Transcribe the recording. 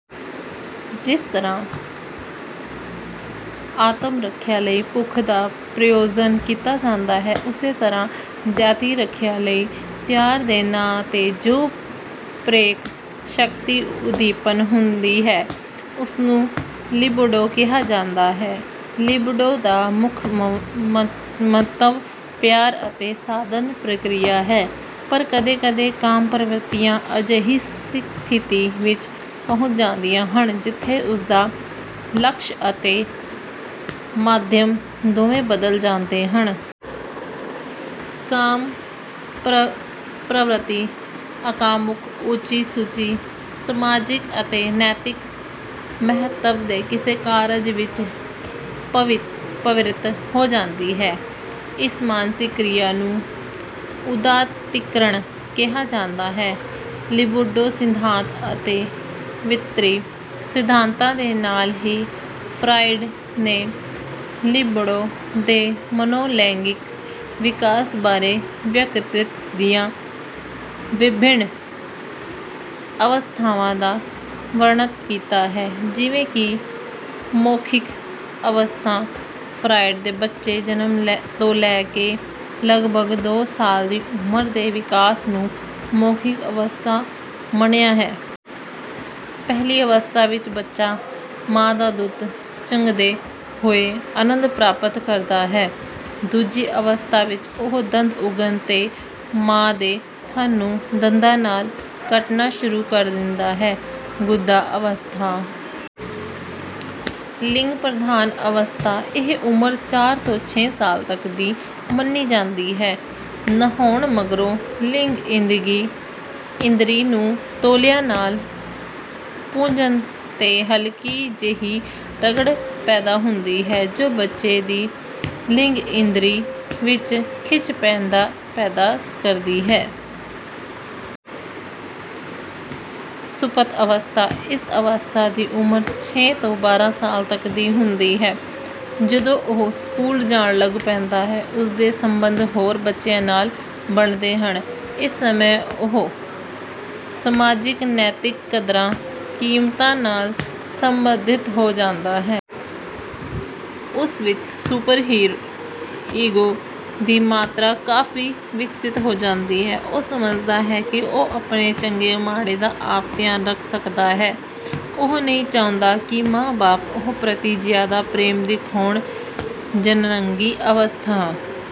ਜਿਸ ਤਰ੍ਹਾਂ ਆਤਮ-ਰੱਖਿਆ ਲਈ ਭੁੱਖ ਦਾ ਪ੍ਰਯੋਜਨ ਕੀਤਾ ਜਾਂਦਾ ਹੈ। ਉਸੇ ਤਰ੍ਹਾਂ ਜਾਤੀ ਰੱਖਿਆ ਲਈ ਪਿਆਰ ਦੇ ਨਾਂ ਤੇ ਜੋ ਪ੍ਰੇਰਕ ਸ਼ਕਤੀ ਉੱਦੀਪਨ ਹੁੰਦੀ ਹੈ ਉਸਨੂੰ ਲਿਬਿਡੋ ਕਿਹਾ ਗਿਆ ਹੈ। ਲਿਬਿਡੋ ਦਾ ਮੁੱਖ ਮੰਤਵ ਪਿਆਰ ਅਤੇ ਸਾਧਨ ਪ੍ਰਕਿਰਿਆ ਹੈ ਪਰ ਕਦੇ-ਕਦੇ ਕਾਮ ਪ੍ਰਵਿਰਤੀਆਂ ਅਜਿਹੀ ਸਥਿਤੀ ਵਿੱਚ ਪਹੁੰਚ ਜਾਂਦੀਆਂ ਹਨ ਜਿੱਥੇ ਉਸਦਾ ਲਕਸ਼ ਅਤੇ ਮਾਧਿਅਮ ਦੋਵੇਂ ਬਦਲ ਜਾਂਦੇ ਹਨ। ਕਾਮ ਪ੍ਰਵਿਰਤੀ ਅਕਾਮੁਕ, ਉੱਚੀ-ਸੁੱਚੀ, ਸਮਾਜਿਕ ਅਤੇ ਨੈਤਿਕ ਮਹੱਤਵ ਦੇ ਕਿਸੇ ਕਾਰਜ ਵਿੱਚ ਪ੍ਰਵਿਰਤ ਹੋ ਜਾਂਦੀ ਹੈ। ਇਸ ਮਾਨਸਿਕ ਕ੍ਰਿਆ ਨੂੰ ਉਦਾਤੀਕਰਨ ਕਿਹਾ ਜਾਂਦਾ ਹੈ। ਲਿਬਿਡੋ ਸਿਧਾਂਤ ਅਤੇ ਵ੍ਰਿਤੀ ਸਿਧਾਂਤਾਂ ਦੇ ਨਾਲ ਹੀ ਫਰਾਇਡ ਨੇ ਲਿਬਿਡੋ ਦੇ ਮਨੋ-ਲੈਂਗਿਕ ਵਿਕਾਸ ਬਾਰੇ ਵਿਅਕਤਿਤ੍ਵ ਦੀਆਂ ਵਿਭਿੰਨ ਅਵਸਥਾਵਾਂ ਦਾ ਵਰਣਨ ਕੀਤਾ ਹੈ: ਜਿਵੇਂ ਕਿ ਮੌਖਿਕ ਅਵਸਥਾ: ਫਰਾਇਡ ਨੇ ਬੱਚੇ ਦੇ ਜਨਮ ਤੋਂ ਲੈ ਕੇ ਲਗਭਗ ਦੋ ਸਾਲ ਦੀ ਉਮਰ ਦੇ ਵਿਕਾਸ ਨੂੰ ਮੌਖਿਕ ਅਵਸਥਾ ਮੰਨਿਆ ਹੈ। ਪਹਿਲੀ ਅਵਸਥਾ ਵਿੱਚ ਬੱਚਾ ਮਾਂ ਦਾ ਦੁੱਧ ਚੰਘਦੇ ਹੋਏ ਆਨੰਦ ਪ੍ਰਾਪਤ ਕਰਦਾ ਹੈ। ਦੂਜੀ ਅਵਸਥਾ ਵਿੱਚ ਉਹ ਦੰਦ ਉਗਣ 'ਤੇ ਮਾਂ ਦੇ ਥਨ ਨੂੰ ਦੰਦਾਂ ਨਾਲ ਕੱਟਣਾ ਸ਼ੁਰੂ ਕਰ ਦਿੰਦਾ ਹੈ। ਗੁਦਾ ਅਵਸਥਾ: ਲਿੰਗ ਪ੍ਰਧਾਨ ਅਵਸਥਾ: ਇਹ ਉਮਰ ਚਾਰ ਤੋਂ ਛੇ ਸਾਲ ਤੱਕ ਦੀ ਮੰਨੀ ਜਾਂਦੀ ਹੈ। ਨਹਾਉਣ ਮਗਰੋਂ ਲਿੰਗ ਇੰਦਰੀ ਨੂੰ ਤੋਲੀਏ ਨਾਲ ਪੂੰਝਣ ਤੇ ਹਲਕੀ ਜਿਹੀ ਰਗੜ ਪੈਦਾ ਹੁੰਦੀ ਹੈ ਜੋ ਬੱਚੇ ਦੀ ਲਿੰਗ ਇੰਦਰੀ ਵਿੱਚ ਖਿੱਚ ਪੈਦਾ ਕਰਦੀ ਹੈ। ਸੁਪਤ ਅਵਸਥਾ: ਇਸ ਅਵਸਥਾ ਦੀ ਉਮਰ ਛੇ ਤੋਂ ਬਾਰਾਂ ਸਾਲ ਤੱਕ ਦੀ ਹੁੰਦੀ ਹੈ, ਜਦੋਂ ਉਹ ਸਕੂਲ ਜਾਣ ਲੱਗ ਪੈਂਦਾ ਹੈ, ਉਸਦੇ ਸੰਬੰਧ ਹੋਰ ਬੱਚਿਆਂ ਨਾਲ ਬਣਦੇ ਹਨ। ਇਸ ਸਮੇਂ ਉਹ ਸਮਾਜਿਕ, ਨੈਤਿਕ ਕਦਰਾਂ-ਕੀਮਤਾਂ ਨਾਲ ਸੰਬੰਧਿਤ ਹੋ ਜਾਂਦਾ ਹੈ। ਉਸ ਵਿੱਚ ਸੁਪਰ-ਈਗੋ ਦੀ ਮਾਤਰਾ ਕਾਫੀ ਵਿਕਸਿਤ ਹੋ ਜਾਂਦੀ ਹੈ। ਉਹ ਸਮਝਦਾ ਹੈ ਕਿ ਉਹ ਆਪਣੇ ਚੰਗੇ-ਮਾੜੇ ਦਾ ਆਪ ਧਿਆਨ ਰੱਖ ਸਕਦਾ ਹੈ, ਉਹ ਨਹੀਂ ਚਾਹੁੰਦਾ ਕਿ ਮਾਂ-ਬਾਪ ਉਹ ਪ੍ਰਤੀ ਜ਼ਿਆਦਾ ਪ੍ਰੇਮ ਦਿਖਾਉਣ। ਜਣਨਅੰਗੀ ਅਵਸਥਾ: